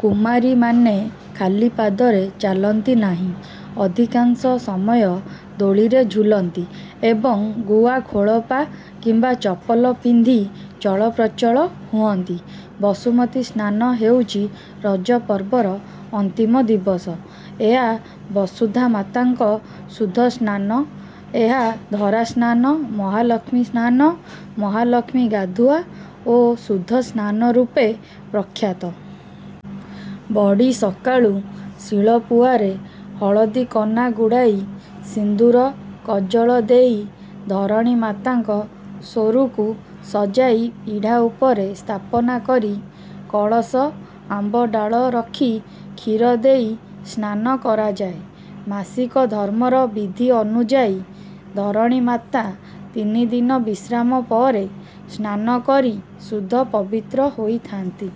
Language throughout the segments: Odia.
କୁମାରୀମାନେ ଖାଲି ପାଦରେ ଚାଲନ୍ତି ନାହିଁ, ଅଧିକାଂଶ ସମୟ ଦୋଳିରେ ଝୁଲନ୍ତି ଏବଂ ଗୁଆ ଖୋଳପା କିମ୍ବା ଚପଲ ପିନ୍ଧି ଚଳପ୍ରଚଳ ହୁଅନ୍ତି। ବସୁମତୀ ସ୍ନାନ ହେଉଛି ରଜ ପର୍ବର ଅନ୍ତିମ ଦିବସ। ଏହା ବସୁଧାମାତାଙ୍କ ଶୁଦ୍ଧ ସ୍ନାନ। ଏହା ଧରାସ୍ନାନ, ମହାଲକ୍ଷ୍ମୀ ସ୍ନାନ, ମହାଲକ୍ଷ୍ମୀ ଗାଧୁଆ ଓ ଶୁଦ୍ଧ ସ୍ନାନ ରୂପେ ପ୍ରଖ୍ୟାତ। ବଡ଼ି ସକାଳୁ ଶିଳପୁଆରେ ହଳଦୀ କନା ଗୁଡ଼ାଇ ସିନ୍ଦୂର, କଜଳ ଦେଇ ଧରଣୀ ମାତାଙ୍କ ସ୍ୱରୂକୁ ସଜାଇ ପିଢ଼ା ଉପରେ ସ୍ଥାପନା କରି କଳସ ଆମ୍ବ ଡ଼ାଳ ରଖି କ୍ଷୀର ଦେଇ ସ୍ନାନ କରାଯାଏ। ମାସିକ ଧର୍ମର ବିଧି ଅନୁଯାୟୀ ଧରଣୀ ମାତା ତିନିଦିନ ବିଶ୍ରାମ ପରେ ସ୍ନାନ କରି ଶୁଦ୍ଧ ପବିତ୍ର ହୋଇଥା'ନ୍ତି।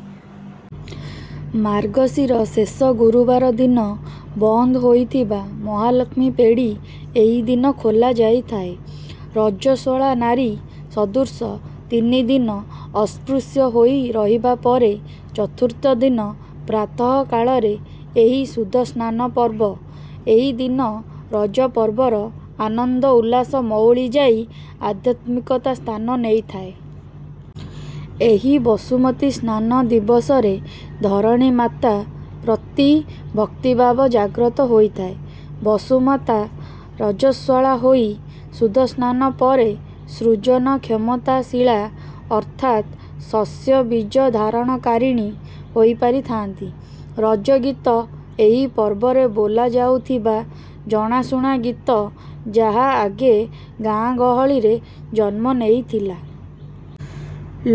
ମାର୍ଗଶୀର ଶେଷ ଗୁରୁବାର ଦିନ ବନ୍ଦ ହୋଇଥିବା ମହାଲକ୍ଷ୍ମୀ ପେଡ଼ି ଏହି ଦିନ ଖୋଲାଯାଇଥାଏ। ରଜସ୍ୱଳାନାରୀ ସଦୃଶ ତିନିଦିନ ଅସ୍ପୃଶ୍ୟ ହୋଇ ରହିବାପରେ ଚତୁର୍ଥ ଦିନ ପ୍ରାତଃ କାଳରେ ଏହି ଶୁଦ୍ଧ ସ୍ନାନ ପର୍ବ। ଏହି ଦିନ ରଜପର୍ବର ଆନନ୍ଦ ଉଲ୍ଲାସ ମଉଳି ଯାଇ ଆଧ୍ୟାତ୍ମିକତା ସ୍ଥାନ ନେଇଥାଏ। ଏହି ବସୁମତୀ ସ୍ନାନ ଦିବସରେ ଧରଣୀ ମାତା ପ୍ରତି ଭକ୍ତିଭାବ ଜାଗ୍ରତ ହୋଇଥାଏ। ବସୁମାତା ରଜସ୍ୱଳା ହୋଇ ଶୁଦ୍ଧସ୍ନାନ ପରେ ସୃଜନ କ୍ଷମତାଶୀଳା ଅର୍ଥାତ ଶସ୍ୟ ବୀଜ ଧାରଣକାରିଣୀ ହୋଇପାରିଥାନ୍ତି। ରଜଗୀତ ଏହି ପର୍ବରେ ବୋଲା ଯାଉଥିବା ଜଣାଶୁଣା ଗୀତ ଯାହା ଆଗେ ଗାଆଁଗହଳିରେ ଜନ୍ମ ନେଇଥିଲା।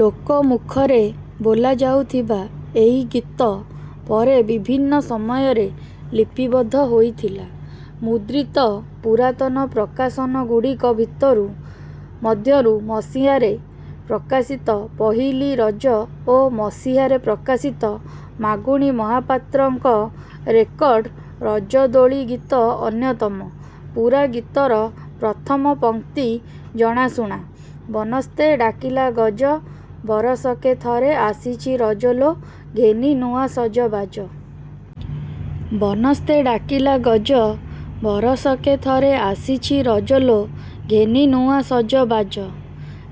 ଲୋକ ମୁଖରେ ବୋଲାଯାଉଥିବା ଏହି ଗୀତ ପରେ ବିଭିନ୍ନ ସମୟରେ ଲିପିବଦ୍ଧ ହୋଇଥିଲା। ମୁଦ୍ରିତ ପୁରାତନ ପ୍ରକାଶନଗୁଡ଼ିକ ଭିତରୁ ମଧ୍ୟରୁ ମସିହାରେ ପ୍ରକାଶିତ ପହିଲି ରଜ ଓ ମସିହାରେ ପ୍ରକାଶିତ ମାଗୁଣୀ ମହାପାତ୍ରଙ୍କ ରେକର୍ଡ ରଜଦୋଳି ଗୀତ ଅନ୍ୟତମ। ପୂରା ଗୀତର ପ୍ରଥମ ପଙ୍କ୍ତି ଜଣାଶୁଣା: " ବନସ୍ତେ ଡାକିଲା ଗଜ, ବରଷକେ ଥରେ ଆସିଛି ରଜ ଲୋ, ଘେନି ନୂଆ ସଜବାଜ "। ବନସ୍ତେ ଡାକିଲା ଗଜ, ବରଷକେ ଥରେ ଆସିଛି ରଜ ଲୋ, ଘେନି ନୂଆ ସଜବାଜ।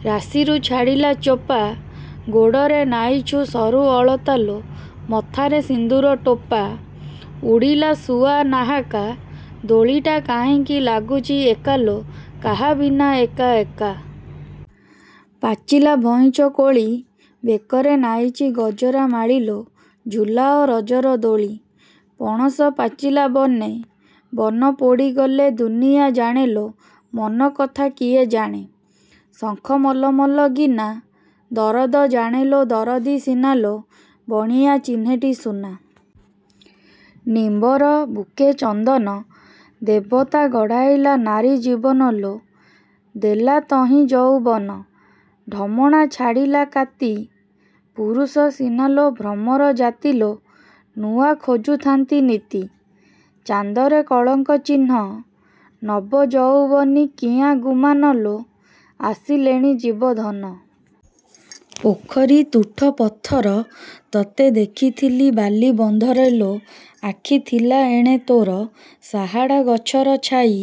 ରାଶିରୁ ଛାଡ଼ିଲା ଚୋପା, ଗୋଡ଼ରେ ନାଇଛୁ ସରୁ ଅଳତା ଲୋ, ମଥାରେ ସିନ୍ଦୂର ଟୋପା। ଉଡ଼ିଲା ଶୁଆ ନାହାକା, ଦୋଳିଟା କାହିଁକି ଲାଗୁଛି ଏକା ଲୋ, କାହା ବିନା ଏକା ଏକା। ପାଚିଲା ଭଇଁଚ କୋଳି, ବେକରେ ନାଇଚି ଗଜରା ମାଳି ଲୋ, ଝୁଲାଅ ରଜର ଦୋଳି। ପଣସ ପାଚିଲା ବନେ, ବନ ପୋଡ଼ିଗଲେ ଦୁନିଆ ଜାଣେ ଲୋ, ମନକଥା କିଏ ଜାଣେ। ଶଙ୍ଖ ମଲମଲ ଗିନା, ଦରଦ ଜାଣେଲୋ ଦରଦୀ ସିନା ଲୋ, ବଣିଆ ଚିହ୍ନେଟି ସୁନା। ନିମ୍ବର ବୁକେ ଚନ୍ଦନ, ଦେବତା ଗଢ଼ାଇଲା ନାରୀ ଜୀବନ ଲୋ, ଦେଲା ତହିଁ ଯଉବନ। ଢମଣା ଛାଡ଼ିଲା କାତି, ପୁରୁଷ ସିନାଲୋ ଭ୍ରମର ଜାତି ଲୋ, ନୂଆ ଖୋଜୁଥାନ୍ତି ନିତି। ଚାନ୍ଦରେ କଳଙ୍କ ଚିହ୍ନ, ନବ ଯଉବନି କିଆଁ ଗୁମାନ ଲୋ, ଆସିଲେଣି ଜୀବ ଧନ। ପୋଖରୀ ତୁଠ ପଥର, ତତେ ଦେଖିଥିଲି ବାଲି ବନ୍ଧରେ ଲୋ, ଆଖି ଥିଲା ଏଣେ ତୋର। ସାହାଡ଼ା ଗଛର ଛାଇ,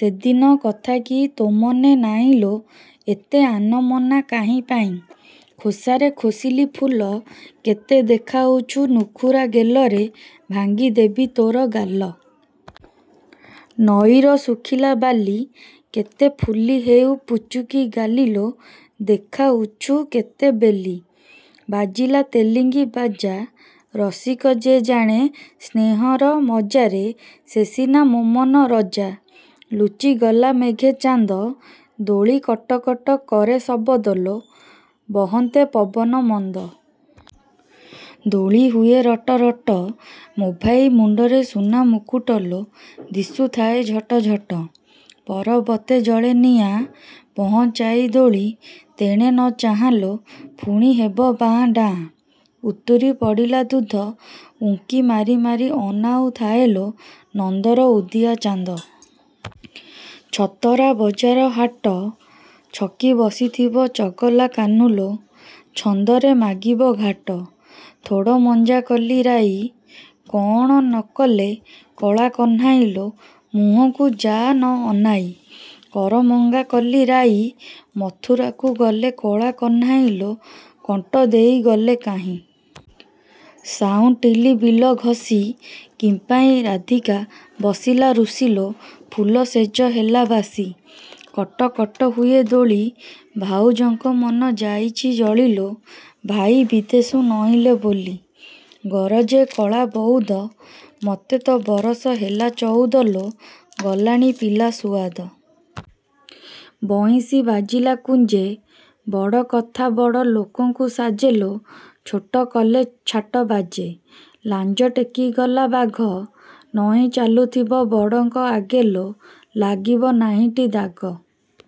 ସେଦିନ କଥାକି ତୋ ମନେ ନାଇଁ ଲୋ, ଏତେ ଆନମନା କାହିଁପାଇଁ। ଖୋସାରେ ଖୋସିଲି ଫୁଲ, କେତେ ଦେଖାଉଛୁ ନୁଖୁରା ଗେଲରେ, ଭାଙ୍ଗି ଦେବି ତୋର ଗାଲ। ନଈର ଶୁଖିଲା ବାଲି, କେତେ ଫୁଲି ହେଉ ପୁଚୁକିଗାଲି ଲୋ, ଦେଖାଉଛୁ କେତେ ବେଲି। ବାଜିଲା ତେଲିଙ୍ଗି ବାଜା, ରସିକ ଯେ ଜାଣେ ସ୍ନେହର ମଜା ରେ, ସେ ସିନା ମୋମନ ରଜା। ଲୁଚିଗଲା ମେଘେ ଚାନ୍ଦ, ଦୋଳି କଟକଟ କରେ ଶବଦ ଲୋ, ବହନ୍ତେ ପବନ ମନ୍ଦ। ଦୋଳି ହୁଏ ରଟରଟ, ମୋ ଭାଇ ମୁଣ୍ଡରେ ସୁନା ମୁକୁଟ ଲୋ, ଦିଶୁଥାଏ ଝଟଝଟ। ପରବତେ ଜଳେ ନିଆଁ, ପହଞ୍ଚାଇ ଦୋଳି ତେଣେ ନ ଚାହାଁ ଲୋ, ପୁଣି ହେବ ବାଆଁ ଡାଁ। ଉତୁରି ପଡ଼ିଲା ଦୁଧ, ଉଙ୍କି ମାରି ମାରି ଅନାଉ ଥାଏ ଲୋ, ନନ୍ଦର ଉଦିଆ ଚାନ୍ଦ। ଛତରା ବଜାର ହାଟ, ଛକି ବସିଥିବ ଚଗଲା କାହ୍ନୁଲୋ, ଛନ୍ଦରେ ମାଗିବ ଘାଟ। ଥୋଡ଼ମଞ୍ଜା କଲି ରାଇ, କଣ ନ କଲେ କଳା କହ୍ନାଇ ଲୋ, ମୁହଁକୁ ଯା ନ ଅନାଇ। କରମଙ୍ଗା କଲି ରାଇ, ମଥୁରାକୁ ଗଲେ କଳା କହ୍ନାଇ ଲୋ, କଣ୍ଟ ଦେଇ ଗଲେ କାହିଁ। ସାଉଁଟିଲି ବିଲ ଘଷି, କିମ୍ପାଇଁ ରାଧିକା ବସିଲା ରୁଷି ଲୋ, ଫୁଲ ଶେଜ ହେଲା ବାସି। କଟକଟ ହୁଏ ଦୋଳି, ଭାଉଜଙ୍କ ମନ ଯାଇଛି ଜଳି ଲୋ, ଭାଇ ବିଦେଷୁ ନଇଁଲେ ବୋଲି। ଗରଜେ କଳା ବଉଦ, ମୋତେ ତ ବରଷ ହେଲା ଚଉଦ ଲୋ, ଗଲାଣି ପିଲା ସୁଆଦ। ବଇଁଶୀ ବାଜିଲା କୁଞ୍ଜେ, ବଡ଼କଥା ବଡ଼ ଲୋକଙ୍କୁ ସାଜେ ଲୋ, ଛୋଟ କଲେ ଛାଟ ବାଜେ। ଲାଞ୍ଜ ଟେକିଗଲା ବାଘ, ନଇଁ ଚାଲୁଥିବ ବଡ଼ଙ୍କ ଆଗେ ଲୋ, ଲାଗିବ ନାହିଁଟି ଦାଗ।